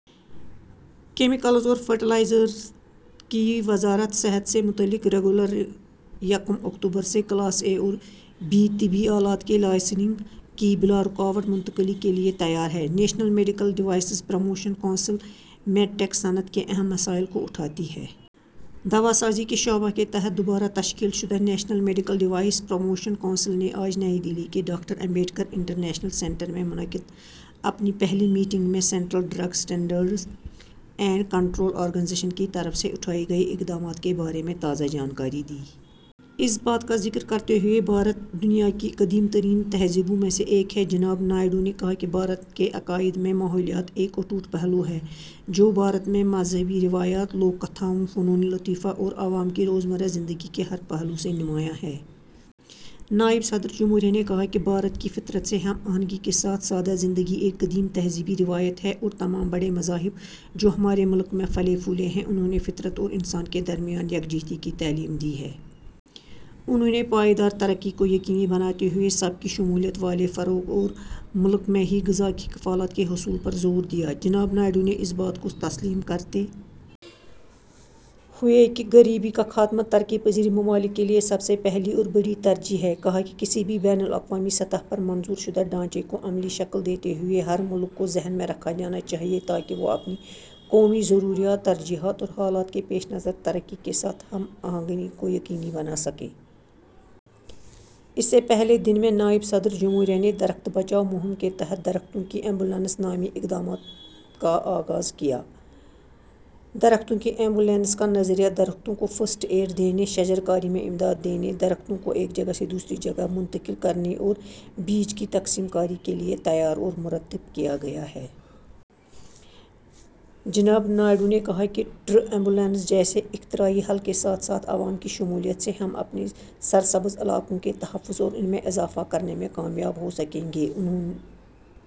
Chemicals اور fertiliser کی وزارت: صحت سے متعلق ریگولیٹر یکم اکتوبر سے کلاس اے اور بی طبی آلات کے لائسنسنگ کی بلا رکاوٹ منتقلی کے لیے تیار ہے۔ National medical devices promotion council med tech صنعت کے اہم مسائل کو اٹھاتی ہے۔ دواسازی کے شعبہ کے تحت دوبارہ تشکیل شدہ national medical device promotion council نے آج نئی دہلی کے ڈاکٹر امبیڈکر انٹرنیشنل سنٹر میں منعقدہ اپنی پہلی میٹنگ میں central drug standards and control organisation کی طرف سے اٹھائے گئے اقدامات کے بارے میں تازہ جانکاری دی۔ اس بات کا ذکر کرتے ہوئے کہ بھارت دنیا کی قدیم ترین تہذیبوں میں سے ایک ہے، جناب نائیڈو نے کہا کہ بھارت کے عقائد میں ماحولیات ایک اٹوٹ پہلو ہے، جو بھارت میں مذہبی روایات، لوک کتھاؤں، فنونِ لطیفہ اور عوام کی روزمرہ زندگی کے ہر پہلو سے نمایاں ہے۔ نائب صدرِ جمہوریہ نے کہا کہ بھارت کی فطرت سے ہم آہنگی کے ساتھ سادہ زندگی ایک قدیم تہذیبی روایت ہے اور تمام بڑے مذاہب، جو ہمارے ملک میں پھلے پھولے ہیں، انہوں نے فطرت اور انسان کے درمیان یکجہتی کی تعلیم دی ہے۔ انہوں نے پائیدار ترقی کو یقینی بناتے ہوئے سب کی شمولیت والے فروغ اور ملک میں ہی غذا کی کفالت کے حصول پر زور دیا۔ جناب نائیڈو نے اس بات کو تسلیم کرتے ہوئے کہ غریبی کا خاتمہ ترقی پذیر ممالک کے لیے سب سے پہلی اور بڑی ترجیح ہے، کہا کہ کسی بھی بین الاقوامی سطح پر منظور شدہ ڈھانچے کو عملی شکل دیتے ہوئے ہر ملک کو ذہن میں رکھا جانا چاہیے تاکہ وہ اپنی قومی ضروریات، ترجیحات اور حالات کے پیش نظر ترقی کے ساتھ ہم آہنگی کو یقینی بنا سکیں۔ اس سے پہلے دن میں نائب صدرِ جمہوریہ نے درخت بچاؤ مہم کے تحت درختوں کی ایمبولینس نامی اقدام کا آغاز کیا۔ درختوں کی ایمبولینس کا نظریہ درختوں کو فرسٹ ایڈ دینے، شجرکاری میں امداد دینے، درختوں کو ایک جگہ سے دوسری جگہ منتقل کرنے اور بیج کی تقسیم کاری کے لیے تیار اور مرتب کیا گیا ہے۔ جناب نائیڈو نے کہا کہ ٹری ایمبولینس جیسے اختراعی حل کے ساتھ ساتھ عوام کی شمولیت سے ہم اپنے سرسبز علاقوں کے تحفظ اور ان میں اضافہ کرنے میں کامیاب ہو سکیں گے۔ انہوں...